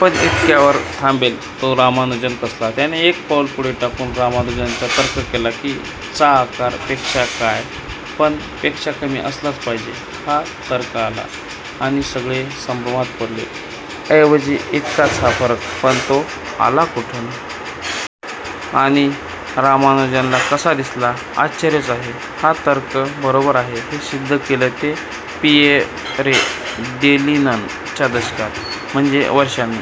पण इतक्यावर थांबेल तर तो रामानुजन कसला! त्याने एक पाऊल पुढे टाकून 'रामानुजनचा तर्क' केला, की चा आकार पेक्षाच काय, पण. पेक्षा कमी असला पाहिजे. हा तर्क आला, आणि सगळे संभ्रमात पडले. ऐवजी इतकाच हा फरक, पण तो आला कुठून?! आणि रामानुजनला कसा दिसला?! आश्चर्यच आहे. हा तर्क बरोबर आहे, हे सिद्ध केलं ते पिअरे डेलिननं च्या दशकात, म्हणजे वर्षांनी.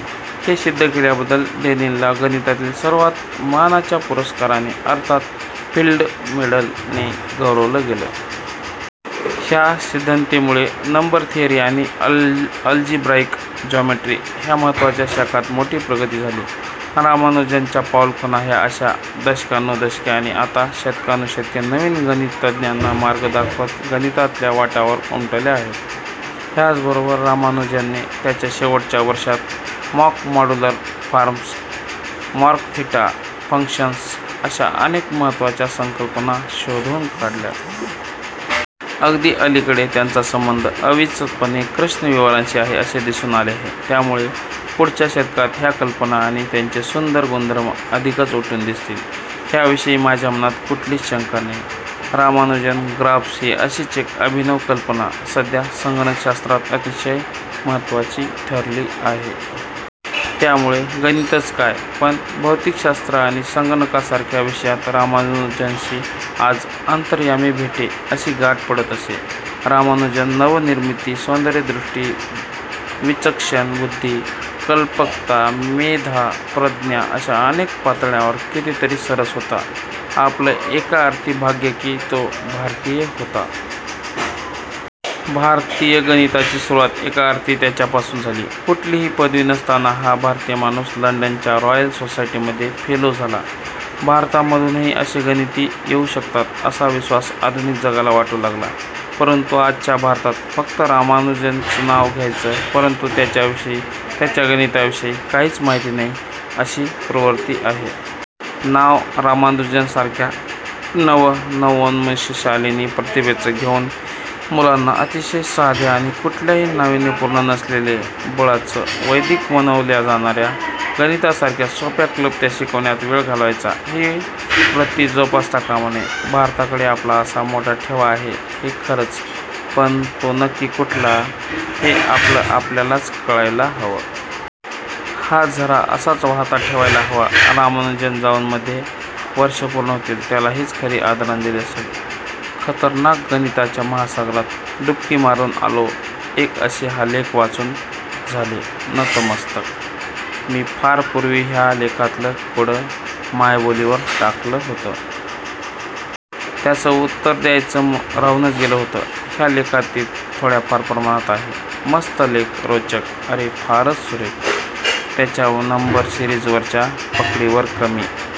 हे सिद्ध केल्याबद्दल डेलिनला गणितातील सर्वात मानाच्या पुरस्काराने अर्थात 'फिल्ड्स मेडल'ने गौरवलं गेलं. ह्या सिद्धतेमुळे नंबर थिअरी आणि अल्जिब्राईक जॉमेट्री ह्या महत्त्वाच्या शाखांत मोठी प्रगती झाली. रामानुजनच्या पाऊलखुणा ह्या अश्या दशकानुदशके आणि आता शतकानुशतके नवीन गणितज्ञांना मार्ग दाखवत गणितातल्या वाटांवर उमटल्या आहेत. ह्याचबरोबर रामानुजनने त्याच्या शेवटच्या वर्षांत mock modular forms, mock theta functions अश्या अनेक महत्त्वाच्या संकल्पना शोधून काढल्या. अगदी अलीकडे त्यांचा संबंध अवचितपणे कृष्णविवरांशी आहे असे दिसून आले आहे. त्यामुळे पुढच्या शतकात ह्या कल्पना आणि त्यांचे सुंदर गुणधर्म अधिकच उठून दिसतील, ह्याविषयी माझ्या मनात कुठलीच शंका नाही. रामानुजन ग्राफ्स ही अशीच एक अभिनव कल्पना सध्या संगणकशास्त्रात अतिशय महत्त्वाची ठरली आहे. त्यामुळे गणितच काय पण भौतिकशास्त्र आणि संगणकासारख्या विषयांत रामानुजनशी 'आज अंतर्यामी भेटे' अशी गाठ पडत राहते. रामानुजन नवनिर्मिती, सौंदर्यदृष्टी, विचक्षण बुद्धी, कल्पकता, मेधा, प्रज्ञा अश्या अनेक पातळ्यांवर कितीतरी सरस होता. आपलं एका अर्थी भाग्य की तो भारतीय होता. भारतीय गणिताची सुरवात एका अर्थी त्याच्यापासून झाली. कुठलीही पदवी नसताना हा भारतीय माणूस लंडनच्या रॉयल सोसायटीमध्ये फेलो झाला. भारतामधूनही असे गणिती येऊ शकतात, असा विश्वास आधुनिक जगाला वाटू लागला. परंतु आजच्या भारतात फक्त रामानुजनचं नाव घ्यायचं, परंतु त्याच्याविषयी, त्याच्या गणिताविषयी काहीच माहिती नाही, अशी प्रवृत्ती आहे. नाव रामानुजनसारख्या नवनवोन्मेषशालिनी प्रतिभेचं घेऊन मुलांना अतिशय साध्या आणि कुठल्याही नावीन्यपूर्ण नसलेल्या बळंच वैदिक म्हणवल्या जाणार्या गणितासारख्या सोप्या क्लृप्त्या शिकवण्यात वेळ घालवायचा, ही वृत्ती जोपासता कामा नये. भारताकडे आपला असा मोठा ठेवा आहे हे खरंच, पण तो नक्की कुठला, हे आपलं आपल्यालाच कळायला हवं. हा झरा असाच वाहता ठेवायला हवा. रामानुजन जाऊन मध्ये वर्षं पूर्ण होतील. त्याला हीच खरी आदरांजली असेल. _/\_खतरनाकगणिताच्या महासागरात डुबकी मारून आलो एक असे हा लेख वाचून झालेनतमस्तक _/\_मी फार पूर्वी ह्या लेखातलं कोडं मायबोलीवर टाकलं होतं. त्याचं उत्तर द्यायचं राहूनच गेलं होतं. ह्या लेखात ते थोड्याफार प्रमाणात आहे. मस्त लेख, रोचक! अरे फारच सुरेख. त्याच्या नंबर सिरिज वरच्या पकडीवर कमी